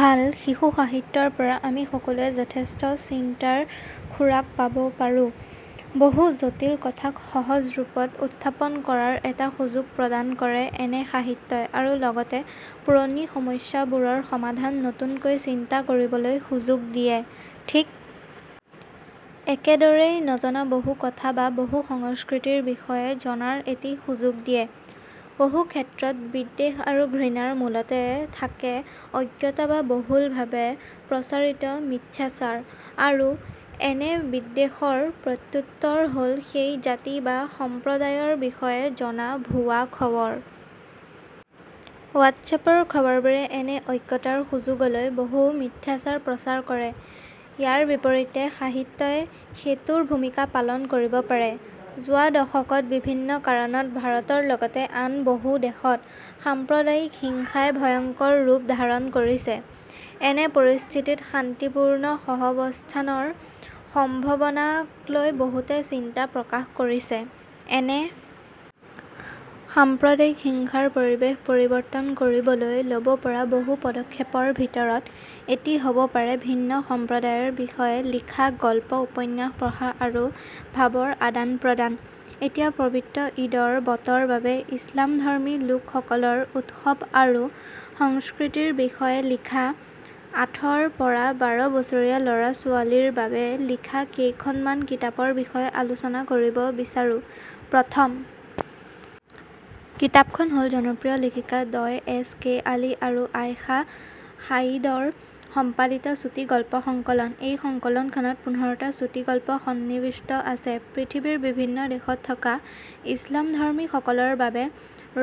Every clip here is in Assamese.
ভাল শিশু সাহিত্যৰ পৰা আমি সকলোৱে যথেষ্ট চিন্তাৰ খোৰাক পাব পাৰোঁ। বহু জটিল কথাক সহজ ৰূপত উত্থাপন কৰাৰ এটা সুযোগ প্ৰদান কৰে এনে সাহিত্যই আৰু লগতে পুৰণি সমস্যাবোৰৰ সমাধান নতুনকৈ চিন্তা কৰিবলৈ সুযোগ দিয়ে। ঠিক একে দৰে নজনা বহু কথা বা বহু সংস্কৃতিৰ বিষয়ে জনাৰ এটি সুযোগ দিয়ে। বহু ক্ষেত্ৰত বিদ্বেষ আৰু ঘৃণাৰ মূলতে থাকে অজ্ঞতা বা বহুল ভাৱে প্ৰচাৰিত মিথ্যাচাৰ। আৰু এনে বিদ্বেষৰ প্ৰত্যুত্তৰ হ'ল সেই জাতি বা সম্প্ৰদায়ৰ বিষয়ে জনা ভূৱা খবৰ। ৱাট্ছ এপৰ খবৰবোৰে এনে অজ্ঞতাৰ সুযোগলৈ বহু মিথ্যাচাৰ প্ৰচাৰ কৰে। ইয়াৰ বিপৰীতে সাহিত্যই সেতুৰ ভূমিকা পালন কৰিব পাৰে। যোৱা দশকত বিভিন্ন কাৰণত ভাৰতৰ লগতে আন বহু দেশত সাম্প্ৰদায়িক হিংসাই ভয়ঙ্কৰ ৰূপ ধাৰণ কৰিছে। এনে পৰিস্থিতিত শান্তিপূৰ্ণ সহাৱস্থানৰ সম্ভাৱনাকলৈ বহুতে চিন্তা প্ৰকাশ কৰিছে। এনে সাম্প্ৰদায়িক হিংসাৰ পৰিবেশ পৰিবৰ্তন কৰিবলৈ লব পৰা বহু পদক্ষেপৰ ভিতৰত এটি হ'ব পাৰে ভিন্ন সম্প্ৰদায়ৰ বিষয়ে লিখা গল্প উপন্যাস পঢ়া আৰু ভাৱৰ আদানপ্ৰদান। এতিয়া পৱিত্ৰ ঈদৰ বতৰ বাবে ইছলামধৰ্মী লোকসকলৰ উৎসৱ আৰু সংস্কৃতিৰ বিষয়ে লিখা আঠৰ পৰা বাৰ বছৰীয়া ল'ৰা-ছোৱালীৰ বাবে লিখা কেইখনমান কিতাপৰ বিষয়ে আলোচনা কৰিব বিচাৰোঁ। প্ৰথম কিতাপখন হ'ল জনপ্ৰিয় লেখিকা দ্বয় এছ কে আলী আৰু আয়শা সাঈদৰ সম্পাদিত চুটি গল্প সংকলন। এই সংকলনখনত পোন্ধৰটা চুটি গল্প সন্নিৱিষ্ট আছে। পৃথিৱীৰ বিভিন্ন দেশত থকা ইছলামধৰ্মীসকলৰ বাবে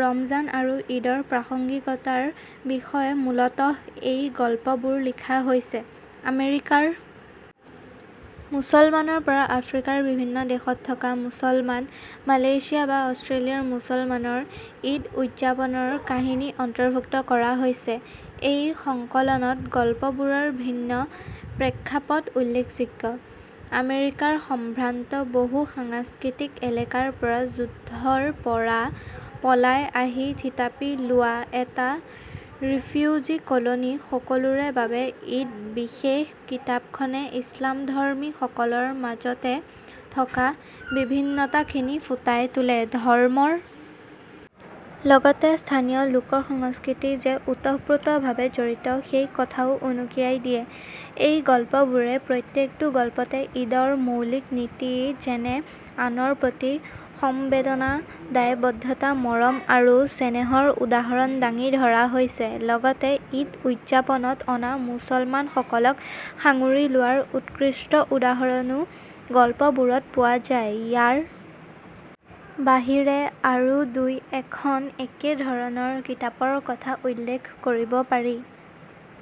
ৰমজান আৰু ঈদৰ প্ৰাসংগিকতাৰ বিষয়ে মুলতঃ এই গল্পবোৰ লিখা হৈছে। আমেৰিকাৰ মুছলমানৰ পৰা আফ্ৰিকাৰ বিভিন্ন দেশত থকা মুছলমান, মালয়শিয়া বা অষ্ট্ৰেলিয়াৰ মুছলমানৰ ঈদ উদযাপনৰ কাহিনী অন্তৰ্ভুক্ত কৰা হৈছে এই সংকলনত। গল্পবোৰৰ ভিন্ন প্ৰেক্ষাপট উল্লেখযোগ্য। আমেৰিকাৰ সম্ভ্ৰান্ত বহুসাংস্কৃতিক এলেকাৰ পৰা যুদ্ধৰ পৰা পলাই আহি থিতাপি লোৱা এটা ৰিফিউজী কলোনী, সকলোৰে বাবে ঈদ বিশেষ কিতাপখনে ইছলামধৰ্মী সকলৰ মাজতে থকা বিভিন্নতাখিনি ফুটাই তোলে। ধৰ্মৰ লগতে স্থানীয় লোকসংস্কৃতি যে ওতঃপ্ৰোতভাৱে জড়িত সেই কথাও উনুকিয়াই দিয়ে। এই গল্পবোৰে প্ৰত্যেকটো গল্পতে ঈদৰ মৌলিক নীতি যেনে আনৰ প্ৰতি সমবেদনা, দায়বদ্ধতা, মৰম আৰু চেনেহৰ উদাহৰণ দাঙি ধৰা হৈছে। লগতে ঈদ উদযাপনত অনা মুছলমান সকলক সাঙুৰি লোৱাৰ উৎকৃষ্ট উদাহৰণো গল্পবোৰত পোৱা যায়। ইয়াৰ বাহিৰে আৰু দুই এখন একে ধৰণৰ কিতাপৰ কথা উল্লেখ কৰিব পাৰি।